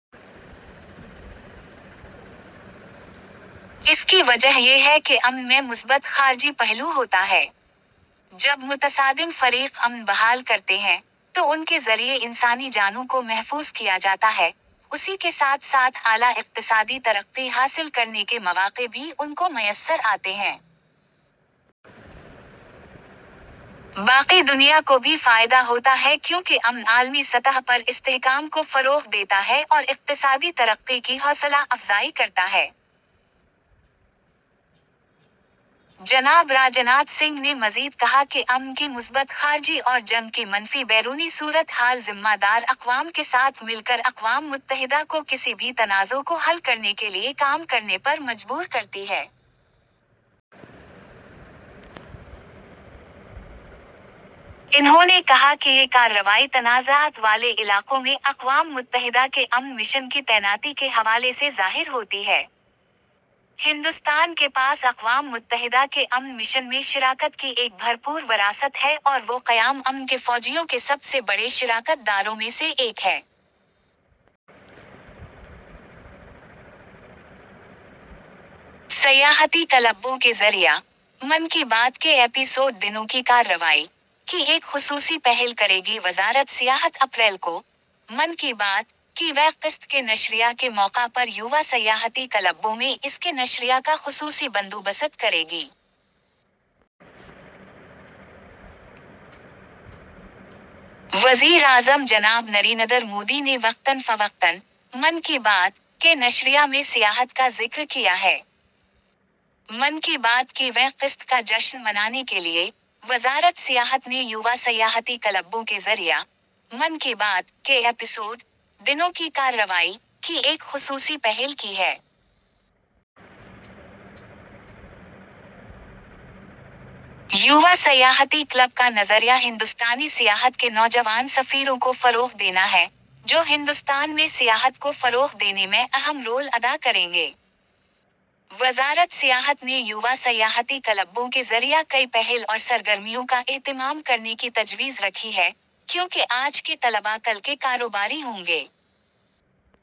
اس کی وجہ یہ ہے کہ امن میں مثبت خارجی پہلو ہوتا ہے۔ جب متصادم فریق امن بحال کرتے ہیں، تو ان کے ذریعے انسانی جانوں کو محفوظ کیاجاتا ہے، اسی کے ساتھ ساتھ اعلیٰ اقتصادی ترقی حاصل کرنے کے مواقع بھی ان کو میسر آتے ہیں۔ باقی دنیا کو بھی فائدہ ہوتا ہے کیونکہ امن عالمی سطح پر استحکام کو فروغ دیتا ہے اور اقتصادی ترقی کی حوصلہ افزائی کرتا ہے،'' ۔ جناب راجناتھ سنگھ نے مزید کہا کہ امن کی مثبت خارجی اور جنگ کی منفی بیرونی صورت حال ذمہ دار اقوام کے ساتھ مل کر اقوام متحدہ کو کسی بھی تنازع کو حل کرنے کے لیے کام کرنے پر مجبور کرتی ہے۔ انہوں نے کہا کہ یہ کارروائی تنازعات والے علاقوں میں اقوام متحدہ کے امن مشن کی تعیناتی کے حوالے سے ظاہر ہوتی ہے۔ ہندوستان کے پاس اقوام متحدہ کے امن مشن میں شراکت کی ایک بھرپور وراثت ہے اور وہ قیام امن کے فوجیوں کے سب سے بڑے شراکت داروں میں سے ایک ہے۔ سیاحتی کلبوں کے ذریعہ ''من کی بات کے ایپی سوڈ دنوں کی کارروائی'' کی ایک خصوصی پہل کرے گی وزارت سیاحت اپریل کو'من کی بات' کی ویں قسط کے نشریہ کے موقع پر یووا سیاحتی کلبوں میں اس کے نشریہ کا خصوصی بندوبست کرے گی۔ وزیر اعظم جناب نریندر مودی نے وقتاً فوقتاً 'من کی بات' کے نشریہ میں سیاحت کا ذکر کیا ہے۔ من کی بات کی ویں قسط کا جشن منانے کے لیے، وزارت سیاحت نے یووا سیاحتی کلبوں کے ذریعہ '' من کی بات '' کے ایپیسوڈ- دنوں کی کارروائی '' کی ایک خصوصی پہل کی ہے۔ یووا سیاحتی کلب کا نظریہ ہندوستانی سیاحت کے نوجوان سفیروں کو فروغ دینا ہے ، جو ہندوستان میں سیاحت کو فروغ دینے میں اہم رول ادا کریں گے۔ وزارت سیاحت نے یووا سیاحتی کلبوں کے ذریعہ کئی پہل اور سرگرمیوں کا اہتمام کرنے کی تجویز رکھی ہے، کیونکہ آج کے طلباء کل کے کاروباری ہوں گے۔